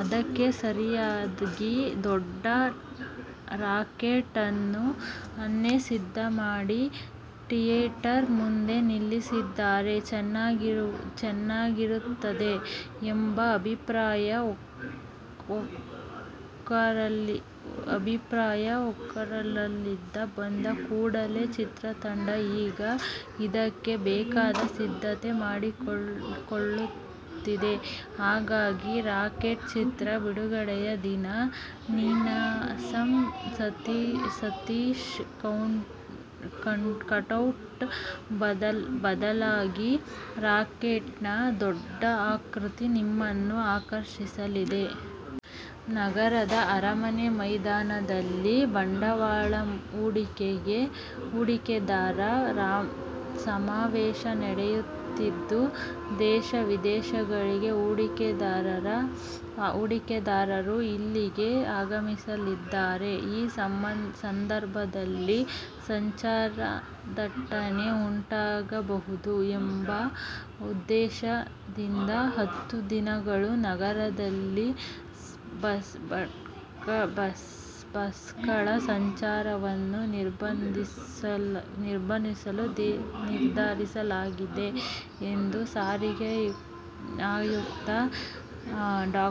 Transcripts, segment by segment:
ಅದಕ್ಕೆ ಸರಿಯಾಗಿ ದೊಡ್ಡ ರಾಕೆಟ್ ಅನ್ನೇ ಸಿದ್ಧಮಾಡಿ ಥಿಯೇಟರ್ ಮುಂದೆ ನಿಲ್ಲಿಸಿದರೆ ಚೆನ್ನಾಗಿರುತ್ತದೆ ಎಂಬ ಅಭಿಪ್ರಾಯ ಒಕ್ಕೊರಲಿನಿಂದ ಬಂದ ಕೂಡಲೇ ಚಿತ್ರತಂಡ ಈಗ ಅದಕ್ಕೆ ಬೇಕಾದ ಸಿದ್ಧತೆ ಮಾಡಿಕೊಳ್ಳುತ್ತಿದೆ. ಹಾಗಾಗಿ, "ರಾಕೆಟ್' ಚಿತ್ರ ಬಿಡುಗಡೆಯ ದಿನ ನೀನಾಸಂ ಸತೀಶ್ ಕಟೌಟ್ ಬದಲಾಗಿ ರಾಕೆಟ್ನ ದೊಡ್ಡ ಆಕೃತಿ ನಿಮ್ಮನ್ನು ಆಕರ್ಷಿಸಲಿದೆ. ನಗರದ ಅರಮನೆ ಮೈದಾನದಲ್ಲಿ ಬಂಡವಾಳ ಹೂಡಿಕೆದಾರ ಸಮಾವೇಶ ನಡೆಯುತ್ತಿದ್ದು, ದೇಶ-ವಿದೇಶಗಳಿಂದ ಹೂಡಿಕೆದಾರರು ಇಲ್ಲಿಗೆ ಆಗಮಿಸಲಿದ್ದಾರೆ. ಈ ಸಂದರ್ಭದಲ್ಲಿ ಸಂಚಾರದಟ್ಟಣೆ ಉಂಟಾಗಬಾರದು ಎಂಬ ಉದ್ದೇಶದಿಂದ ಹತ್ತು ದಿನಗಳು ನಗರದಲ್ಲಿ ಬಸ್ಗಳ ಸಂಚಾರವನ್ನು ನಿರ್ಬಂಧಿಸಲುನಿರ್ಧರಿಸಲಾಗಿದೆ ಎಂದು ಸಾರಿಗೆ ಆಯುಕ್ತ ಡಾ.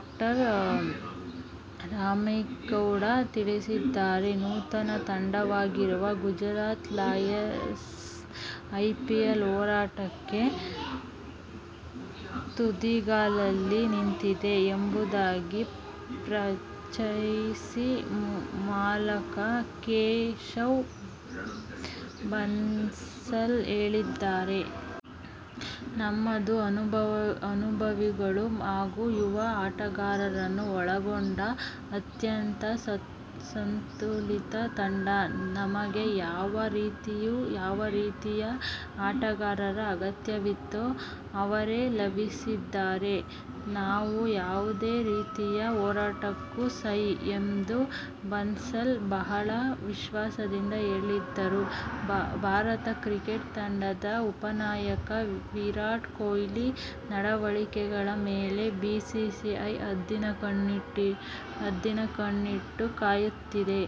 ರಾಮೇಗೌಡ ತಿಳಿಸಿದ್ದಾರೆ. ನೂತನ ತಂಡವಾಗಿರುವ 'ಗುಜರಾತ್ ಲಯನ್ಸ್' ಐಪಿಎಲ್ ಹೋರಾಟಕ್ಕೆ ತುದಿಗಾಲಲ್ಲಿ ನಿಂತಿದೆ ಎಂಬುದಾಗಿ ಫ್ರಾಂಚೈಸಿ ಮಾಲಕ ಕೇಶವ್ ಬನ್ಸಾಲ್ ಹೇಳಿದ್ದಾರೆ. 'ನಮ್ಮದು ಅನುಭವಿಗಳು ಹಾಗೂ ಯುವ ಆಟಗಾರರನ್ನು ಒಳಗೊಂಡ ಅತ್ಯಂತ ಸಂತುಲಿತ ತಂಡ. ನಮಗೆ ಯಾವ ರೀತಿಯ ಆಟಗಾರರ ಅಗತ್ಯವಿತ್ತೋ ಅವರೇ ಲಭಿಸಿದ್ದಾರೆ. ನಾವು ಯಾವುದೇ ರೀತಿಯ ಹೋರಾಟಕ್ಕೂ ಸೈ' ಎಂದು ಬನ್ಸಾಲ್ ಬಹಳ ವಿಶ್ವಾಸದಿಂದ ಹೇಳಿದರು. ಭಾರತ ಕ್ರಿಕೆಟ್ ತಂಡದ ಉಪನಾಯಕ ವಿರಾಟ್ ಕೊಹ್ಲಿ ನಡವಳಿಕೆಗಳ ಮೇಲೆ ಬಿಸಿಸಿಐ ಹದ್ದಿನ ಕಣ್ಣಿಟ್ಟು ಕಾಯುತ್ತಿದೆ.